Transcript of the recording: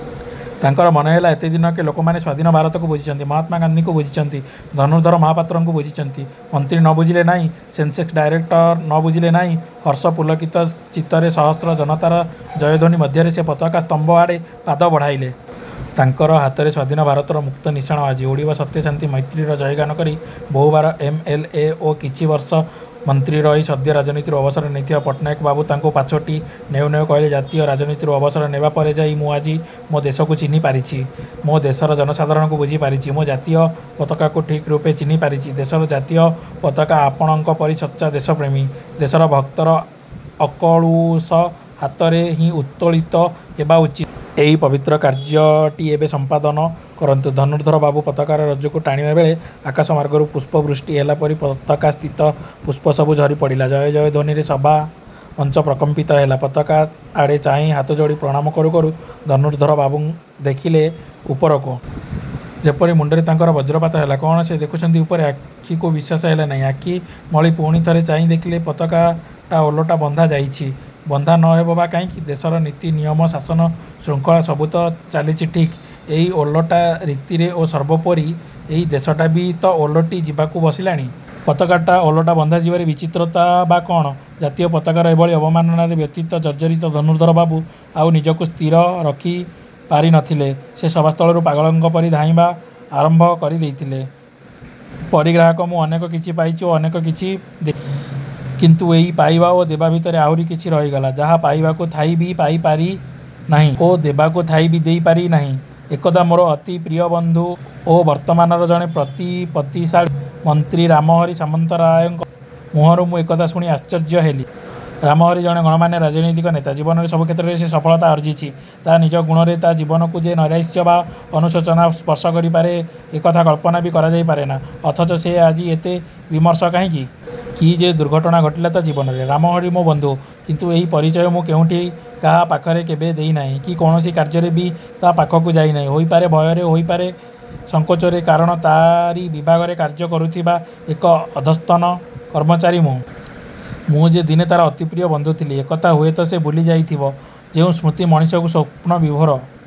ତାଙ୍କର ମନେହେଲା–ଏତେ ଦିନକେ ଲୋକମାନେ ସ୍ଵାଧୀନ ଭାରତକୁ ବୁଝିଛନ୍ତି, ମହାତ୍ମା ଗାନ୍ଧୀଙ୍କୁ ବୁଝିଛନ୍ତି, ଧନୁର୍ଦ୍ଧର ମହାପାତ୍ରଙ୍କୁ ବୁଝିଛନ୍ତି, ମନ୍ତ୍ରୀ ନ ବୁଝିଲେ ନାହିଁ, ସେନ୍ସସ୍ ଡାଇରେକ୍ଟର ନ ବୁଝିଲେ ନାହିଁ। ହର୍ଷ ପୁଲକିତ ଚିତ୍ତରେ ସହସ୍ର ଜନତାର ଜୟଧ୍ଵନୀ ମଧ୍ୟରେ ସେ ପତାକା ସ୍ତମ୍ଭ ଆଡ଼େ ପାଦ ବଢ଼େଇଲେ। ତାଙ୍କର ହାତରେ ସ୍ୱାଧୀନ ଭାରତର ମୁକ୍ତ ନିଶାଣ ଆଜି ଉଡ଼ିବ ସତ୍ୟ, ଶାନ୍ତି, ମୈତ୍ରୀର ଜୟଗାନ କରି। ବହୁବାର ଏମ. ଏଲ୍. ଏ. ଓ କିଛି ବର୍ଷ ମନ୍ତ୍ରୀ ରହି ସଦ୍ୟ ରାଜନୀତିରୁ ଅବସର ନେଇଥିବା ପଟ୍ଟନାୟକବାବୁ ତାଙ୍କୁ ପାଛୋଟି ନେଉ ନେଉ କହିଲେ–ଦଳୀୟ ରାଜନୀତିରୁ ଅବସର ନେବାପରେ ଯାଇ ଆଜି ମୁଁ ମୋ' ଦେଶକୁ ଚିହ୍ନିପାରିଛି, ମୋ' ଦେଶର ଜନସାଧାରଣଙ୍କୁ ବୁଝିପାରିଛି, ମୋ' ଜାତୀୟ ପତାକାକୁ ଠିକ୍ ରୂପେ ଚିହ୍ନିପାରିଛି, ଦେଶର ଜାତୀୟ ପତାକା ଆପଣଙ୍କ ପରି ସଚ୍ଚା ଦେଶପ୍ରେମୀ, ଦେଶ ଭକ୍ତର ଅକଳୁଷ ହାତରେ ହିଁ ଉତ୍ତୋଳିତ ହେବା ଉଚିତ-। ଏହି ପବିତ୍ର କାର୍ଯ୍ୟଟି ଏବେ ସମ୍ପାଦନ କରନ୍ତୁ। ଧନୁର୍ଦ୍ଧର ବାବୁ ପତାକାର ରଜୁକୁ ଟାଣିବା ବେଳେ ଆକାଶ ମାର୍ଗରୁ ପୁଷ୍ପବୃଷ୍ଟି ହେଲାପରି ପତାକାସ୍ଥିତ ପୁଷ୍ପସବୁ ଝରି ପଡ଼ିଲା। ଜୟ ଜୟ ଧ୍ୱନୀରେ ସଭାମଞ୍ଚ ପ୍ରକମ୍ପିତ ହେଲା। ପତାକା ଆଡ଼େ ଚାହିଁ ହାତଯୋଡ଼ି ପ୍ରଣାମ କରୁ କରୁ ଧନୁର୍ଦ୍ଧର ବାବୁ ଦେଖିଲେ–ଉପରକୁ... ଯେପରି ମୁଣ୍ଡରେ ତାଙ୍କର ବଜ୍ରପାତ ହେଲା। କ'ଣ ସେ ଦେଖୁଛନ୍ତି ଉପରେ? ଆଖିକୁ ବିଶ୍ୱାସ ହେଲା ନାହିଁ-। ଆଖି ମଳି ପୁଣି ଥରେ ଚାହିଁ ଦେଖିଲେ... ପତାକାଟା ଓଲଟା ବନ୍ଧା ଯାଇଛି। ବନ୍ଧା ନ ହେବ ବା କାହିଁକି? ଦେଶର ନୀତି–ନିୟମ, ଶାସନ ଶୃଙ୍ଖଳା ସବୁ ତ ଚାଲିଛି ଠିକ୍ ଏଇ ଓଲଟା ରୀତିରେ ଓ ସର୍ବୋପରି ଏ ଦେଶଟା ବି ତ ଓଲଟି ଯିବାକୁ ବସିଲାଣି। ପତାକାଟା ଓଲଟା ବନ୍ଧାଯିବାରେ ବିଚିତ୍ରତା ବା କ'ଣ? ଜାତୀୟ ପତାକାର ଏ ଭଳି ଅବମାନନାରେ ବ୍ୟଥିତ, ଜର୍ଜ୍ଜରିତ ଧନୁର୍ଦ୍ଧର ବାବୁ ଆଉ ନିଜକୁ ସ୍ଥିର ରଖି ପାରି ନ ଥିଲେ। ସେ ସଭାସ୍ଥଳରୁ ପାଗଳଙ୍କ ପରି ଧାଇଁବା ଆରମ୍ଭ କରିଦେଇଥିଲେ... ପରିଗ୍ରାହକ "ମୁଁ ଅନେକ କିଛି ପାଇଛି ଓ ଅନେକ କିଛି ଦେଇଛି। କିନ୍ତୁ ଏଇ ପାଇବା ଓ ଦେବା ଭିତରେ ଆହୁରି କିଛି ରହିଗଲା ଯାହା ପାଇବାକୁ ଥାଇ ବି ପାଇ ପାରିନାହିଁ ଓ ଦେବାକୁ ଥାଇ ବି ଦେଇ ପାରିନାହିଁ। '' ଏକଦା ମୋର ଅତି ପ୍ରିୟ ବନ୍ଧୁ ଓ ବର୍ତ୍ତମାନର ଜଣେ ପ୍ରତିପତ୍ତିଶାଳୀ ମନ୍ତ୍ରୀ ରାମହରି ସାମନ୍ତରାୟଙ୍କ ମୁହଁରୁ ମୁଁ ଏକଥା ଶୁଣି ଆଶ୍ଚର୍ଯ୍ୟ ହେଲି। ରାମହରି ଜଣେ ଗଣ୍ୟମାନ୍ୟ ରାଜନୈତିକ ନେତା, ଜୀବନର ସବୁ କ୍ଷେତ୍ରରେ ସେ ସଫଳତା ଅର୍ଜିଛି ତା' ନିଜ ଗୁଣରେ। ତା' ଜୀବନକୁ ଯେ ନୈରାଶ୍ୟ ବା ଅନୁଶୋଚନା ସ୍ପର୍ଶ କରିପାରେ ଏ କଥା କଳ୍ପନା ବି କରାଯାଇପାରେନା; ଅଥଚ ସେ ଆଜି ଏତେ ବିମର୍ଷ କାହିଁକି? କି ଯେ ଦୁର୍ଘଟଣା ଘଟିଲା ତା' ଜୀବନରେ? ରାମହରି ମୋର ବନ୍ଧୁ; କିନ୍ତୁ ଏଇ ପରିଚୟ ମୁଁ କେଉଁଠି କାହା ପାଖରେ କେବେ ଦେଇନାହିଁ କି କୌଣସି କାର୍ଯ୍ୟରେ ବି ତା' ପାଖକୁ ଯାଇନାହିଁ ହୋଇପାରେ ଭୟରେ, ହୋଇପାରେ ସଂକୋଚରେ, କାରଣ ତା'ରି ବିଭାଗରେ କାର୍ଯ୍ୟ କରୁଥିବା ଏକ ଅଧସ୍ତନ କର୍ମଚାରୀ ମୁଁ। ମୁଁ ଯେ ଦିନେ ତା'ର ଅତିପ୍ରିୟ ବନ୍ଧୁ ଥିଲି ଏକଥା ହୁଏତ ସେ ଭୁଲିଯାଇଥିବ। ଯେଉଁ ସ୍ମୃତି ମଣିଷକୁ ସ୍ୱପ୍ନ ବିଭୋର